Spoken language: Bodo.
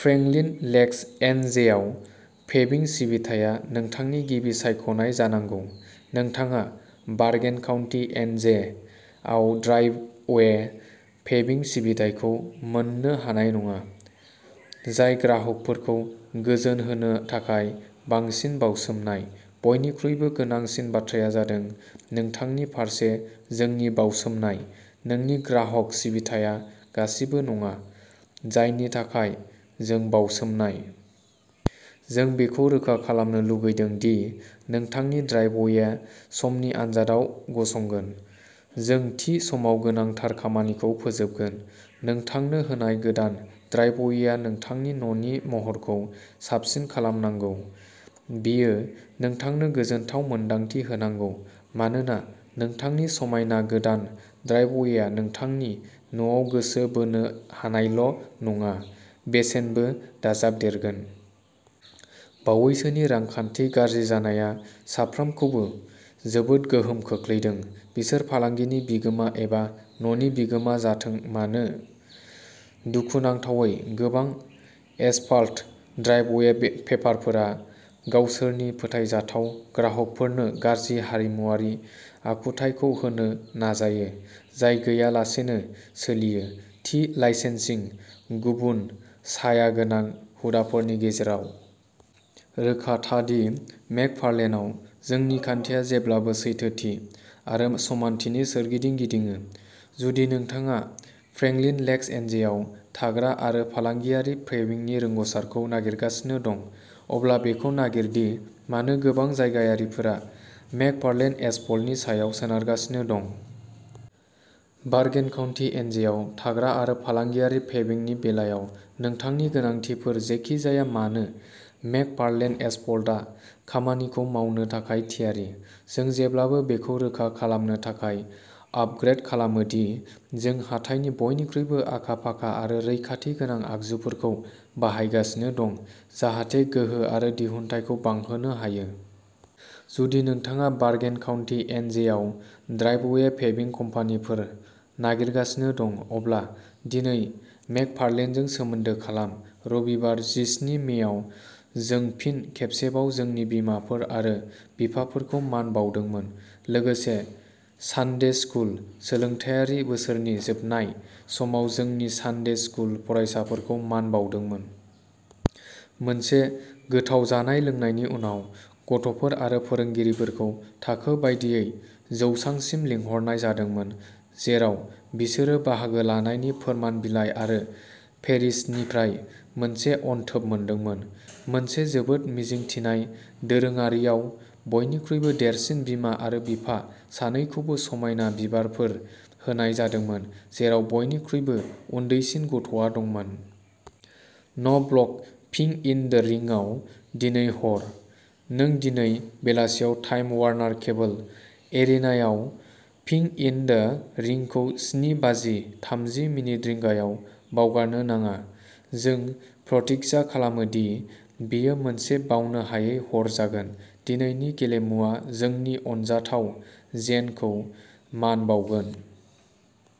फ्रेंकलिन लेक्स एन जे आव पेभिं सिबिथाया नोंथांनि गिबि सायख'नाय जानांगौ। नोंथाङा बार्गेन काउन्टि एन जे आव ड्राइभवे पेभिं सिबिथाइखौ मोननो हानाय नङा, जाय ग्राहकफोरखौ गोजोन होनो थाखाय बांसिन बावसोमनाय। बयनिख्रुइबो गोनांसिन बाथ्राया जादों नोंथांनि फारसे जोंनि बाउसोमनाय, जोंनि ग्राहक सिबिथाया गासिबो नङा, जायनि थाखाय जों बावसोमनाय। जों बेखौ रोखा खालामनो लुगैदों दि नोंथांनि ड्राइभवेआ समनि आन्जादआव गसंगोन। जों थि समाव गोनांथार खामानिखौ फोजोबगोन। नोंथांनो होनाय गोदान ड्राइभवेआ नोंथांनि न'नि महरखौ साबसिन खालामनांगौ। बेयो नोंथांनो गोजोनथाव मोन्दांथि होनांगौ मानोना नोंथांनि समायना गोदान ड्राइभवेआ नोंथांनि न'आव गोसो बोनो हानायल' नङा, बेसेनबो दाजाबदेरगोन। बावैसोनि रांखान्थि गाज्रि जानाया साफ्रोमखौबो जोबोद गोहोम खोख्लैदों, बिसोर फालांगिनि बिगोमा एबा न'नि बिगोमा जाथों मानो। दुखुनांथावै, गोबां एसफाल्ट ड्राइभवे पेभारफोरा गावसोरनि फोथायजाथाव ग्राहकफोरनो गाज्रि आरिमुआरि आखुथाइखौ होनो नाजायो, जाय गैयालासेनो सोलियो। थि लाइसेन्सिं, गुबुन साया गोनां हुदाफोरनि गेजेराव। रोखा था दि मेकफार्लेनआव, जोंनि खान्थिया जेब्लाबो सैथोथि आरो समानथिनि सोरगिदिं गिदिङो। जुदि नोंथाङा फ्रेंकलिन लेक्स एनजेआव थाग्रा आरो फालांगियारि पेभिंनि रोंग'सारखौ नागिरगासिनो दं, अब्ला बेखौ नागिर दि मानो गोबां जायगायारिफोरा मेकफार्लेन एसफाल्टनि सायाव सोनारगासिनो दं। बार्गेन काउन्टि एनजेआव थाग्रा आरो फालांगियारि पेविंगनि बेलायाव नोंथांनि गोनांथिफोर जेखि जाया मानो, मेकफार्लेन एसफाल्टआ खामानिखौ मावनो थाखाय थियारि। जों जेब्लाबो बेखौ रोखा खालामनो थाखाय आपग्रेद खालामो दि जों हाथाइनि बयनिख्रुइबो आखा-फाखा आरो रैखाथि गोनां आगजुफोरखौ बाहायगासिनो दं जाहाथे गोहो आरो दिहुनथायखौ बांहोनो हायो। जुदि नोंथाङा बार्गेन काउन्टि एन जे आव ड्राइभवे पेभिं कम्पानिफोर नागिरगासिनो दं अब्ला दिनै मेकफार्लेनजों सोमोन्दो खालाम रबिबार, जिस्नि मेआव, जों फिन खेबसेबाव जोंनि बिमाफोर आरो बिफाफोरखौ मान बावदोंमोन, लोगोसे सानडे स्कुल सोलोंथायारि बोसोरनि जोबनाय समाव जोंनि सानडे स्कुल फरायसाफोरखौ मान बावदोंमोन। मोनसे गोथाव जानाय लोंनायनि उनाव, गथ'फोर आरो फोरोंगिरिफोरखौ थाखो बायदियै जौसांसिम लिंहरनाय जादोंमोन जेराव बिसोरो बाहागो लानायनि फोरमान बिलाइ आरो पेरिशनिफ्राय मोनसे अनथोब मोनदोंमोन। मोनसे जोबोद मिजिंथिनाय दोरोङारियाव, बयनिख्रुइबो देरसिन बिमा आरो बिमा सानैखौबो समायना बिबारफोर होनाय जादोंमोन, जेराव बयनिख्रुइबो उन्दैसिन गथ'आ दंमोन। न' ब्लग पिंक इन द रिंकआ दिनै हर नों दिनै बेलासियाव टाइम वार्नार केबल एरिनाआव पिंक इन द रिंकखौ स्नि बाजि थामजि मिनिट रिंगायाव बावगारनो नाङा जों प्रतिज्ञा खालामो दि बेयो मोनसे बावनो हायै हर जागोन। दिनैनि गेलेमुआ जोंनि अनजाथाव जेनखौ मान बावगोन।